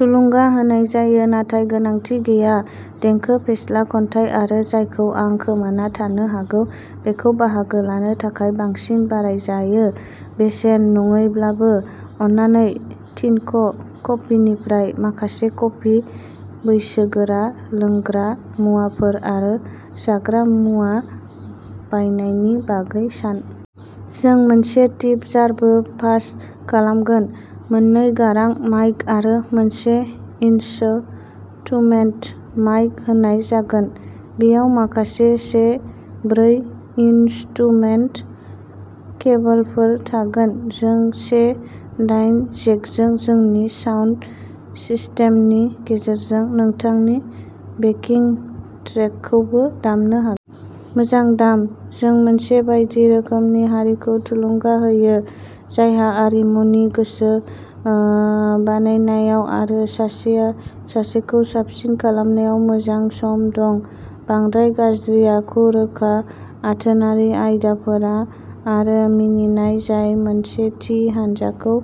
थुलुंगा होनाय जायो नाथाय गोनांथि गैया। देंखो, फेस्ला, खन्थाइ आरो जायखौ आं खोमाना थानो हागौ, बेखौ बाहागो लानो थाखाय बांसिन बाराय जायो। बेसेन नाङैब्लाबो, अन्नानै थिन्क कफिनिफ्राय माखासे कफि, बैसोगोरा लोंग्रा मुवाफोर आरो जाग्रा मुवा बायनायनि बागै सान। जों मोनसे टिप जारबो पास खालामगोन। मोननै गारां माइक आरो मोनसे इन्सटूमेन्ट माइक होनाय जागोन। बेयाव माखासे से ब्रै इन्स्टूमेन्ट केबोलफोर थागोन। जों से दाइन जेकजों जोंनि साउन्ड सिस्टेमनि गेजेरजों नोंथांनि बेकिंग ट्रेकखौबो दामनो हागोन। मोजां दाम, जों मोनसे बायदि रोखोमनि हारिखौ थुलुंगा होयो जायहा आरिमु नि गोसो ओ बानायनायाव आरो सासेया सासेखौ साबसिन खालामनायाव मोजां सम दं। बांद्राय गाज्रि आखु, रोखा आथोनारि आयदाफोरा, आरो मिनिनाय जाय मोनसे थि हानजाखौ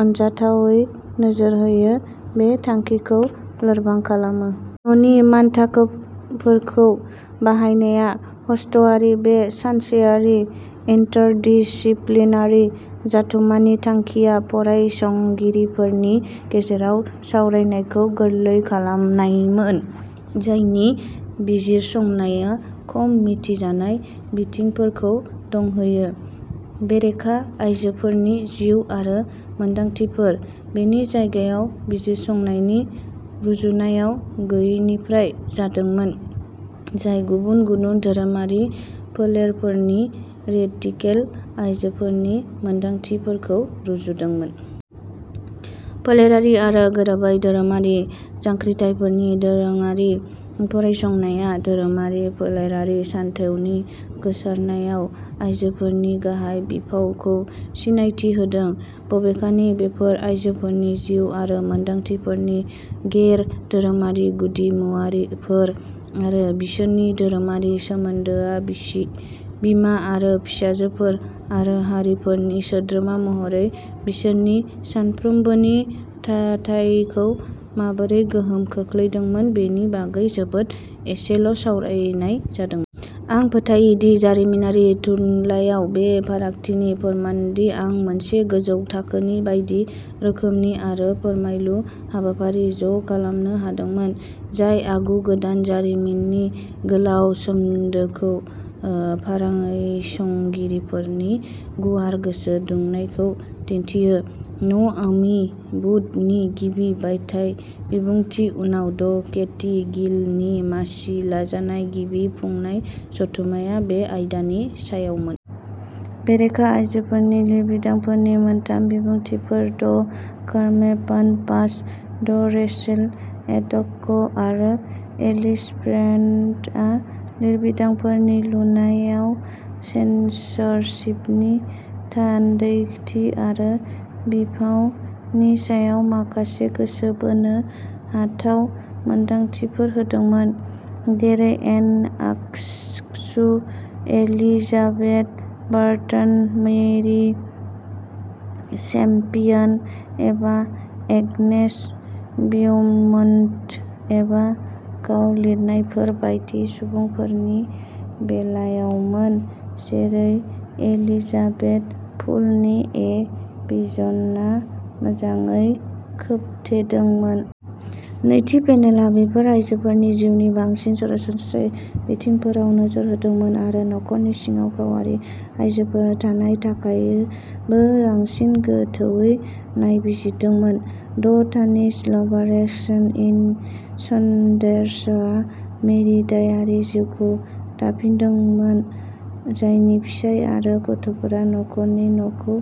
अनजाथावै नोजोर होयो, बे थांखिखौ लोरबां खालामो। न'नि मानथाखोफोरखौ बाहायनाया ह'स्टआरि बे सानसेयारि इन्टारडिसिप्लिनारि जथुम्मानि थांखिया फरायसंगिरिफोरनि गेजेराव सावरायनायखौ गोरलै खालामनायमोन, जायनि बिजिरसंनाया खम मिथिजानाय बिथिंफोरखौ दंहोयो। बेरेखा आइजोफोरनि जिउ आरो मोन्दांथिफोर। बेनि जागायनाया बिजिरसंनायनि रुजुनायाव गैयैनिफ्राय जादोंमोन, जाय गुबुन गुबुन धोरोमारि फोलेरफोरनि रेडिकेल आइजोफोरनि मोन्दांथिफोरखौ रुजुदोंमोन। फोलेरारि आरो गोरोबै धोरोमारि जांख्रिथायफोरनि दोरोङारि फरायसंनाया धोरोमारि फोलेरारि सानथौनि गोसारनायाव आइजोफोरनि गाहाय बिफावखौ सिनायथि होदों। बबेखानि, बेफोर आइजोफोरनि जिउ आरो मोन्दांथिफोरनि गैर धोरोमारि गुदिमुवाफोर आरो बिसोरनि धोरोमारि सोमोन्दोआ बिसि, बिमा आरो फिसाजोफोर आरो हारिफोरनि सोद्रोमा महरै बिसोरनि सानफ्रोमबोनि थाथायखौ माबोरै गोहोम खोख्लैदोंमोन बेनि बागै जोबोद एसेल' सावरायनाय जादों। आं फोथायो दि जारिमिनारि थुनलाइयाव बे फारागथिनि फोरमानमोनदि आं मोनसे गोजौ थाखोनि बायदि रोखोमनि आरो फोरमायलु हाबाफारि ज' खालामनो हादोंमोन, जाय आगु गोदान जारिमिननि गोलाव सोमोन्दोखौ ओ फारायसंगिरिफोरनि गुवार गोसो दुंनायखौ दिन्थियो। न आवमी वुड नि गिबि बायथाय बिबुंथि उनाव, ड केटी गिल नि मासि लाजानाय गिबि फुंनाय जथुमआ बे आयदानि सायावमोन। बेरेखा आइजोफोरनि लिरबिदांफोरनि मोनथाम बिबुंथिगिरिफोर ड कारमे फन्ट पाज, ड रेचेल एडक'क आरो एलिस फेन्ट आ लिरबिदांफोरनि लुनायाव सेनसरशिपनि थान्दैथि आरो बिफावनि सायाव माखासे गोसो बोनो हाथाव मोनदांथिफोर होदोंमोन, जेरै Anne Askew, Elizabeth Barton, Mary Champion एबा एग्नेस बिउमन्ट एबा गाव लिरनायफोर बायदि सुबुंफोरनि बेलायावमोन, जेरै एलिजाबेथ पुलनि ए भिजनआ मोजाङै खोबथेदोंमोन। नैथि पेनेलआ बैफोर आयजोफोरनि जिउनि बांसिन सरासनस्रा बिथिंफोराव नोजोर होदोंमोन आरो नखरनि सिङाव गावारि आयजोफोरा थानाय थाखायो बो बांसिन गोथौवै नायबिजिरदोंमोन। ड तानिस लभारचेक इन सन्डार्स आ मेरी डायारनि जिउखौ दाफिनदोंमोन, जायनि फिसाय आरो गथ'फोरा नखरनि न'खौ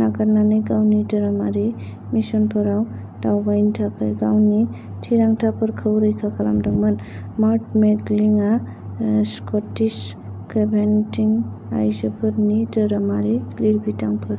नागारनानै गावनि धोरोमारि मिशनफोराव दावबायनो थाखाय गावनि थिरांथाफोरखौ रैखा खालामदोंमोन। मार्थ मेकलिग आ स्कटिस कभेनेन्टिं आयजोफोरनि धोरोमारि लिरबिदांफोर।